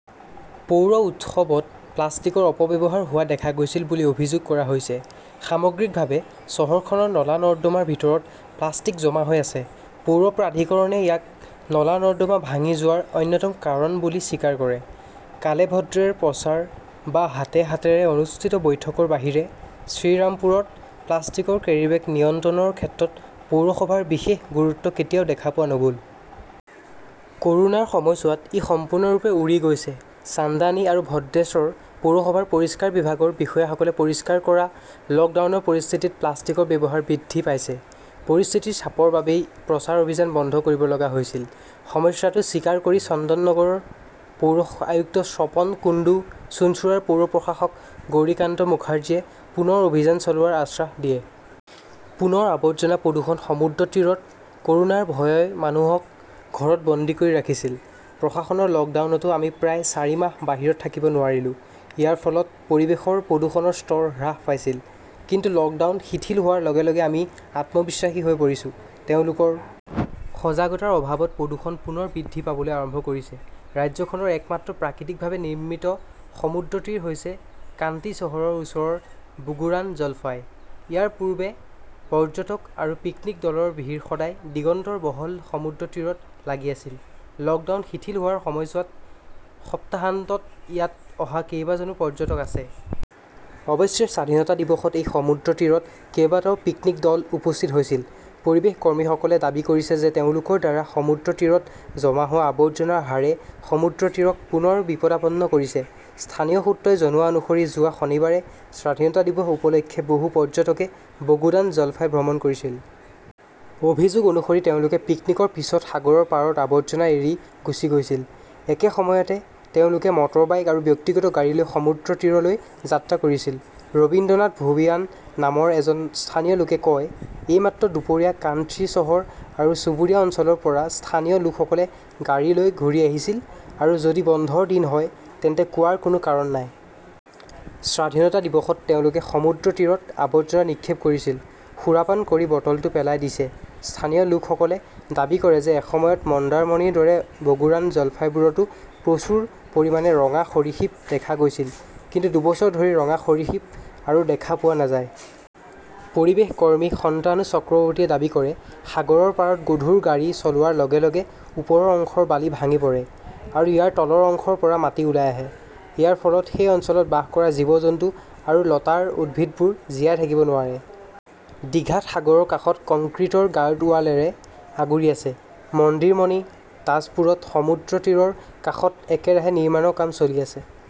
পৌৰ উৎসৱত প্লাষ্টিকৰ অপব্যৱহাৰ হোৱা দেখা গৈছিল বুলি অভিযোগ কৰা হৈছে। সামগ্ৰিকভাৱে, চহৰখনৰ নলা-নৰ্দমাৰ ভিতৰত প্লাষ্টিক জমা হৈ আছে। পৌৰ প্ৰাধিকৰণে ইয়াক নলা-নৰ্দমা ভাঙি যোৱাৰ অন্যতম কাৰণ বুলি স্বীকাৰ কৰে। কালেভদ্ৰেৰ প্ৰচাৰ বা হাতে হাতেৰে অনুষ্ঠিত বৈঠকৰ বাহিৰে শ্ৰীৰামপুৰত প্লাষ্টিকৰ কেৰীবেগ নিয়ন্ত্ৰণৰ ক্ষেত্ৰত পৌৰসভাৰ বিশেষ গুৰুত্ব কেতিয়াও দেখা পোৱা নগল। কৰোনাৰ সময়ছোৱাত ই সম্পূৰ্ণৰূপে উৰি গৈছে। চান্দানী আৰু ভদ্ৰেশ্বৰ পৌৰসভাৰ পৰিষ্কাৰ বিভাগৰ বিষয়াসকলে পৰিষ্কাৰ কৰা, লকডাউনৰ পৰিস্থিতিত প্লাষ্টিকৰ ব্যৱহাৰ বৃদ্ধি পাইছে। পৰিস্থিতিৰ চাপৰ বাবেই প্ৰচাৰ অভিযান বন্ধ কৰিব লগা হৈছিল। সমস্যাটো স্বীকাৰ কৰি চন্দননগৰৰ পৌৰ আয়ুক্ত স্বপন কুণ্ডু, চুঞ্চুৰাৰ পৌৰ প্ৰশাসক গৌৰিকান্ত মুখাৰ্জীয়ে পুনৰ অভিযান চলোৱাৰ আশ্বাস দিয়ে। পুনৰ আবৰ্জনা প্ৰদূষণ সমুদ্ৰতীৰত কৰোনাৰ ভয়ই মানুহক ঘৰত বন্দী কৰি ৰাখিছিল। প্ৰশাসনৰ লকডাউনতো আমি প্ৰায় চাৰি মাহ বাহিৰত থাকিব নোৱাৰিলো। ইয়াৰ ফলত পৰিৱেশৰ প্ৰদূষণৰ স্তৰ হ্ৰাস পাইছিল। কিন্তু লকডাউন শিথিল হোৱাৰ লগে-লগে আমি আত্মবিশ্বাসী হৈ পৰিছো। তেওঁলোকৰ সজাগতাৰ অভাৱত প্ৰদূষণ পুনৰ বৃদ্ধি পাবলৈ আৰম্ভ কৰিছে! ৰাজ্যখনৰ একমাত্ৰ প্ৰাকৃতিকভাৱে নিৰ্মিত সমুদ্ৰতীৰ হৈছে কান্তী চহৰৰ ওচৰৰ বোগুৰান জলফাই। ইয়াৰ পূৰ্বে পৰ্যটক আৰু পিকনিক দলৰ ভিৰ সদায় দিগন্তৰ বহল সমুদ্ৰতীৰত লাগি আছিল। লকডাউন শিথিল হোৱাৰ সময়ছোৱাত সপ্তাহান্তত ইয়াত অহা কেইবাজনো পৰ্যটক আছে। অৱশ্যে স্বাধীনতা দিৱসত এই সমুদ্ৰতীৰত কেইবাটাও পিকনিক দল উপস্থিত হৈছিল। পৰিৱেশ কৰ্মীসকলে দাবী কৰিছে যে তেওঁলোকৰ দ্বাৰা সমুদ্ৰতীৰত জমা হোৱা আৱৰ্জনাৰ হাৰে সমুদ্ৰতীৰক পুনৰ বিপদাপন্ন কৰিছে। স্থানীয় সূত্ৰই জনোৱা অনুসৰি যোৱা শনিবাৰে স্বাধীনতা দিৱস উপলক্ষে বহু পৰ্যটকে বগুদান জলফাই ভ্ৰমণ কৰিছিল। অভিযোগ অনুসৰি তেওঁলোকে পিকনিকৰ পিছত সাগৰৰ পাৰত আবৰ্জনা এৰি গুচি গৈছিল। একে সময়তে তেওঁলোকে মটৰবাইক আৰু ব্যক্তিগত গাড়ী লৈ সমুদ্ৰতীৰলৈ যাত্ৰা কৰিছিল। ৰবীন্দ্ৰনাথ ভুৱিয়ান নামৰ এজন স্থানীয় লোকে কয়, এইমাত্ৰ দুপৰীয়া কান্থী চহৰ আৰু চুবুৰীয়া অঞ্চলৰ পৰা স্থানীয় লোকসকলে গাড়ী লৈ ঘূৰি আহিছিল আৰু যদি বন্ধৰ দিন হয় তেন্তে কোৱাৰ কোনো কাৰণ নাই। স্বাধীনতা দিৱসত তেওঁলোকে সমুদ্ৰতীৰত আৱৰ্জনা নিক্ষেপ কৰিছিল। সুৰাপান কৰি বটলটো পেলাই দিছে। স্থানীয় লোকসকলে দাবী কৰে যে এসময়ত মন্দাৰমনিৰ দৰে বগুড়ান জলফাইবোৰতো প্ৰচুৰ পৰিমাণে ৰঙা সৰীসৃপ দেখা গৈছিল। কিন্তু দুবছৰ ধৰি ৰঙা সৰীসৃপ আৰু দেখা পোৱা নাযায়। পৰিৱেশ কৰ্মী সন্তানু চক্ৰৱৰ্তীয়ে দাবী কৰে, সাগৰৰ পাৰত গধুৰ গাড়ী চলোৱাৰ লগে লগে ওপৰৰ অংশৰ বালি ভাঙি পৰে। আৰু ইয়াৰ তলৰ অংশৰ পৰা মাটি ওলাই আহে। ইয়াৰ ফলত সেই অঞ্চলত বাস কৰা জীৱ-জন্তু আৰু লতাৰ উদ্ভিদবোৰ জীয়াই থাকিব নোৱাৰে। ডিঘাত সাগৰৰ কাষত কংক্ৰিটৰ গাৰ্ডৱালেৰে আগুৰি আছে। মন্দিৰমণি, তাজপুৰত সমুদ্ৰতীৰৰ কাষত একেৰাহে নিৰ্মাণৰ কাম চলি আছে।